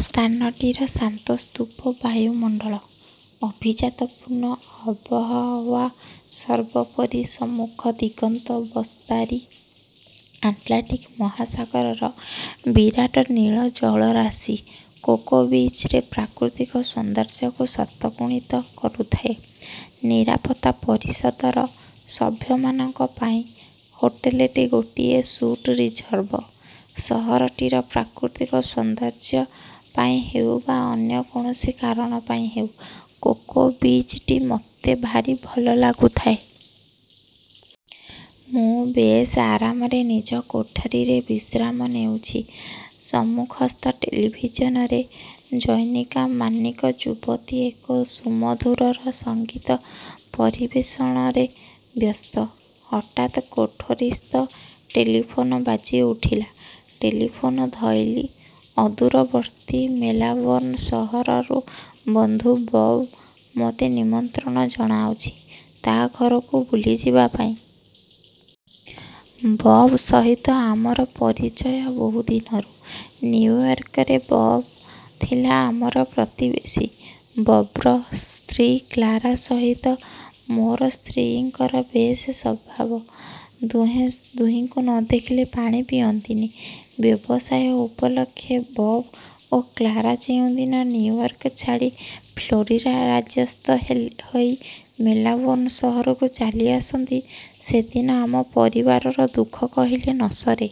ସ୍ଥାନଟିର ଶାନ୍ତ ସୁପ୍ତ ବାୟୁମଣ୍ଡଳ, ଆଭିଜାତପୂର୍ଣ୍ଣ ବହୱାଓ ସର୍ବୋପରି ସମ୍ମୁଖରେ ଦିଗନ୍ତ ବସ୍ତାରୀ ଆଟଲାଣ୍ଟିକ ମହାସାଗରର ବିରାଟ ନୀଳ ଜଳରାଶି କୋକୋ ବିଚରେ ପ୍ରାକୃତିକ ସୌନ୍ଦର୍ଯ୍ୟକୁ ଶତ ଗୁଣିତ କରୁଥାଏ। ନିରାପତ୍ତା ପରିଷଦର ସଭ୍ୟମାନଙ୍କ ପାଇଁ ହୋଟେଲର ଗୋଟିଏ ଗୋଟିଏ ସୁଟ୍ ରିଜର୍ଭ। ସହରଟିର ପ୍ରାକୃତିକ ସୌନ୍ଦର୍ଯ୍ୟ ପାଇଁ ହେଉ ବା ଅନ୍ୟ କୌଣସି କାରଣ ପାଇଁ ହେଉ, କୋକୋ ବିଚଟି ମୋତେ ଭାରି ଭଲ ଲାଗୁଥାଏ। ମୁଁ ବେଶ୍ ଆରାମରେ ନିଜ କୋଠରୀରେ ବିଶ୍ରାମ ନେଉଛି ସମ୍ମୁଖସ୍ଥ ଟେଲିଭିଜନରେ ଜନୈକା ମାର୍କିନ ଯୁବତୀ ଏକ ସୁମଧୁର ସଙ୍ଗୀତ ପରିବେଷଣରେ ବ୍ୟସ୍ତ, ହଠାତ୍ କୋଠରୀସ୍ଥ ଟେଲିଫୋନ ବାଜିଉଠିଲା। ଟେଲିଫୋନ ଧଇଲି, ଅଦୂରବର୍ତ୍ତୀ ମେଲବୋର୍ଣ୍ଣ ସହରରୁ ବନ୍ଧୁ ବବ ମୋତେନିମନ୍ତ୍ରଣ ଜଣାଉଛି ତା ଘରକୁ ବୁଲି ଯିବା ପାଇଁ। ବବ୍ ସହିତ ଆମର ପରିଚୟ ବହୁ ଦିନରୁ। ନିଉୟର୍କରେ ବବ୍ ଥିଲା ଆମର ପ୍ରତିବେଶୀ। ବବ୍ର ସ୍ତ୍ରୀ କ୍ଳାରା ସହିତ ମୋ ସ୍ତ୍ରୀଙ୍କର ବେଶ ସଭାବ। ଦୁହେଁ ଦୁହିଁଙ୍କୁ ନ ଦେଖିଲେ ପାଣି ପିଅନ୍ତିନି। ବ୍ୟବସାୟ ଉପଲକ୍ଷେ ବବ୍ ଓ କ୍ଳାରା ଯେଉଁ ଦିନ ନିଉୟର୍କ ଛାଡ଼ି ଫ୍ଳୋରିଡ଼ା ରାଜ୍ୟସ୍ଥ ହେଲେ ହୋଇ ମେଲବୋର୍ଣ୍ଣ ସହରକୁ ଚାଲିଆସନ୍ତି, ସେଦିନ ଆମ ପରିବାରର ଦୁଃଖ କହିଲେ ନ ସରେ।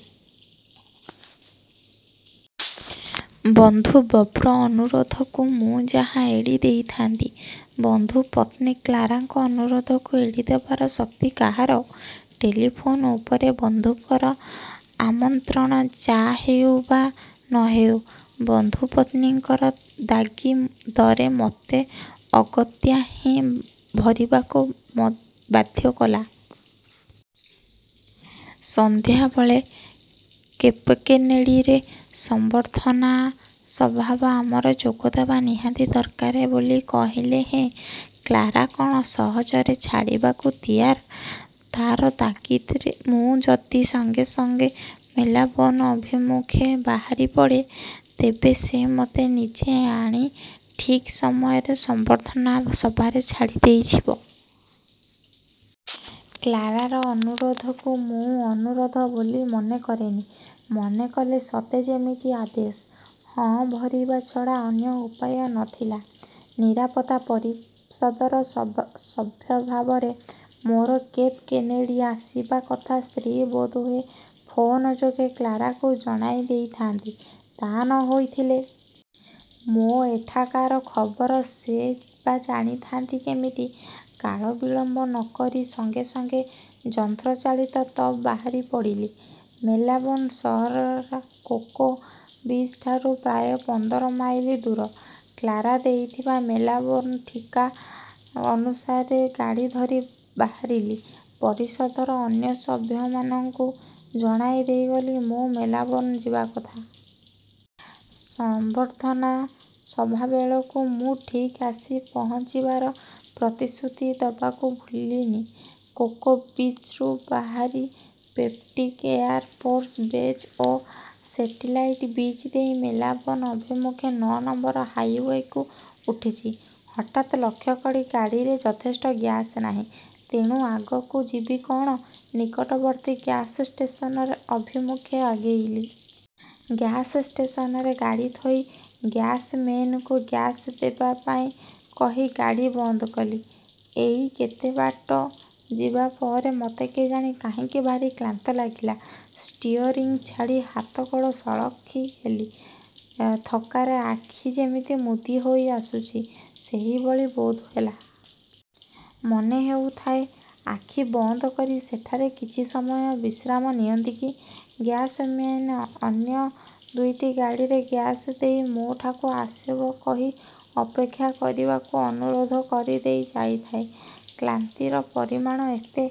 ବନ୍ଧୁ ବବ୍ର ଅନୁରୋଧକୁ ମୁଁ ଯାହା ଏଡ଼ି ଦେଇଥାନ୍ତି ବନ୍ଧୁ ପତ୍ନୀ କ୍ଳାରାଙ୍କର ଅନୁରୋଧକୁ ଏଡ଼ି ଦେବାର ଶକ୍ତି କାହାର? ଟେଲିଫୋନ ଉପରେ ବନ୍ଧୁଙ୍କର ଆମତ୍ରଣ ଯାହେଉ ବା ନ ହେଉ ବନ୍ଧୁ ପତ୍ନୀଙ୍କର ତାଗି ଦରେ ମୋତେ ଅଗତ୍ୟା ହିଁ ଭରିବାକୁ ବ ବାଧ୍ୟ କଲା। ସନ୍ଧ୍ୟାବେଳେ କେପକେନେଡ଼ିର ସମ୍ବର୍ଦ୍ଧନା ସଭାରେ ଆମର ଯୋଗଦେବା ନିହାତି ଦରକାର ବୋଲି କହିଲେ ହେଁ କ୍ଳାରା କ'ଣ ସହଜରେ ଛାଡ଼ିବାକୁ ତିଆର? ତାର ତାଗିଦ୍ ମୁଁ ଯଦି ସଙ୍ଗେ ସଙ୍ଗ ମେଲବୋର୍ଣ୍ଣ ଅଭିମୁଖେ ବାହାରି ପଡ଼େ, ତେବେ ସେ ମୋତେ ନିଜେ ଆଣି ଠିକ୍ ସମୟରେ ସମ୍ବର୍ଦ୍ଧନା ସଭାରେ ଛାଡ଼ି ଦେଇଯିବ। କ୍ଳାରାର ଅନୁରୋଧକୁ ମୁଁ ଅନୁରୋଧ ବୋଲି ମନେକରେନି, ମନେକଲେ ସତେ ଯେମିତି ଆଦେଶ। ହଁ ଭରିବା ଛଡ଼ା ଅନ୍ୟ ଉପାୟ ନ ଥିଲା। ନିରାପତ୍ତା ପରିଷଦର ସବ୍ ସଭ୍ୟଭାବରେ ମୋର କେପ୍ କେନେଡ଼ି ଆସିବା କଥା ସ୍ତ୍ରୀ ବୋଧହୁଏ ଫୋନ ଯୋଗେ କ୍ଳାରାକୁ ଜଣାଇ ଦେଇଥାନ୍ତି, ତା ନ ହୋଇଥିଲେ। ମୋ ଏଠାକାର ଖବର ସେ ବା ଜାଣିଥାନ୍ତି କେମିତି? କାଳ ବିଳମ୍ବ ନ କରି ସଙ୍ଗେ ସଙ୍ଗେ ଯନ୍ତ୍ରଚାଳିତବତ୍ ବାହାରି ପଡ଼ିଲି। ମେଲବୋର୍ଣ୍ଣ ସହର କୋକୋ ବିଚଠାରୁ ପ୍ରାୟ ପନ୍ଦର ମାଇଲ ଦୂର। କ୍ଳାରା ଦେଇଥିବା ମେଲବୋର୍ଣ୍ଣ ଠିକ୍ଣା ଅନୁସାରେ ଗାଡ଼ି ଧରି ବାହାରିଲି। ପରିଷଦର ଅନ୍ୟ ସଭ୍ୟମାନଙ୍କୁ ଜଣାଇ ଦେଇଗଲି ମୋ ମେଲବୋର୍ଣ୍ଣ ଯିବା କଥା। ସମ୍ବର୍ଦ୍ଧନା ସଭାବେଳକୁ ମୁଁ ଠିକ୍ ଆସି ପହଞ୍ଚିବାର ପ୍ରତିଶ୍ରୁତି ଦେବାକୁ ଭୁଲିଲିନି। କୋକୋ ବିଚ୍ରୁ ବାହାରି ପେଟିକ୍ ଏୟାର ଫୋର୍ସ ବେଜ ଓ ସେଟିଲାଇଟ ବିଚ୍ ଦେଇ ମେଲବୋର୍ଣ୍ଣ ଅଭିମୁଖେ ନଅ ନମ୍ବର ହାଇୱେକୁ ଉଠୁଛି, ହଠାତ୍ ଲକ୍ଷ୍ୟକଲି ଗାଡ଼ିରେ ଯଥେଷ୍ଟ ଗ୍ୟାସ ନାହିଁ। ତେଣୁ ଆଗକୁ ଯିବି କଅଣ ନିକବର୍ତ୍ତୀ ଗ୍ୟାସ୍ ଷ୍ଟେସନ ଅଭିମୁଖେ ଆଗେଇଲି। ଗ୍ୟାସଷ୍ଟେସନରେ ଗାଡ଼ି ଥୋଇ ଗ୍ୟାସମେନକୁ ଗ୍ୟାସ ଦେବା ପାଇଁ କହି ଗାଡ଼ି ବନ୍ଦ କଲି। ଏଇ କେତେ ବାଟ ଯିବା ପରେ ମୋତେ କେଜାଣି କାହିଁକି ଭାରି କ୍ଳାନ୍ତ ଲାଗିଲା। ଷ୍ଟିଅରିଂ ଛାଡ଼ି ହାତଗୋଡ଼ ସଳଖି ହେଲି ଥକ୍କାରେ ଆଖି ଯେମିତି ମୁଦି ହୋଇଆସୁଛି ସେହିଭଳି ବୋଧହେଲା । ମନେ ହେଉଥାଏ, ଆଖି ବନ୍ଦ କରି ସେଠାରେ କିଛି ସମୟ ବିଶ୍ରାମ ନିଅନ୍ତି କି। ଗ୍ୟାସମେନ ଅନ୍ୟ ଦୁଇଟି ଗାଡ଼ିରେ ଗ୍ୟାସ ଦେଇ ମୋ ଠାକୁ ଆସିବ କହି ଅପେକ୍ଷା କରିବାକୁ ଅନୁରୋଧ କରିଦେଇ ଯାଇଥାଏ। କ୍ଳାନ୍ତିର ପରିମାଣ ଏତେ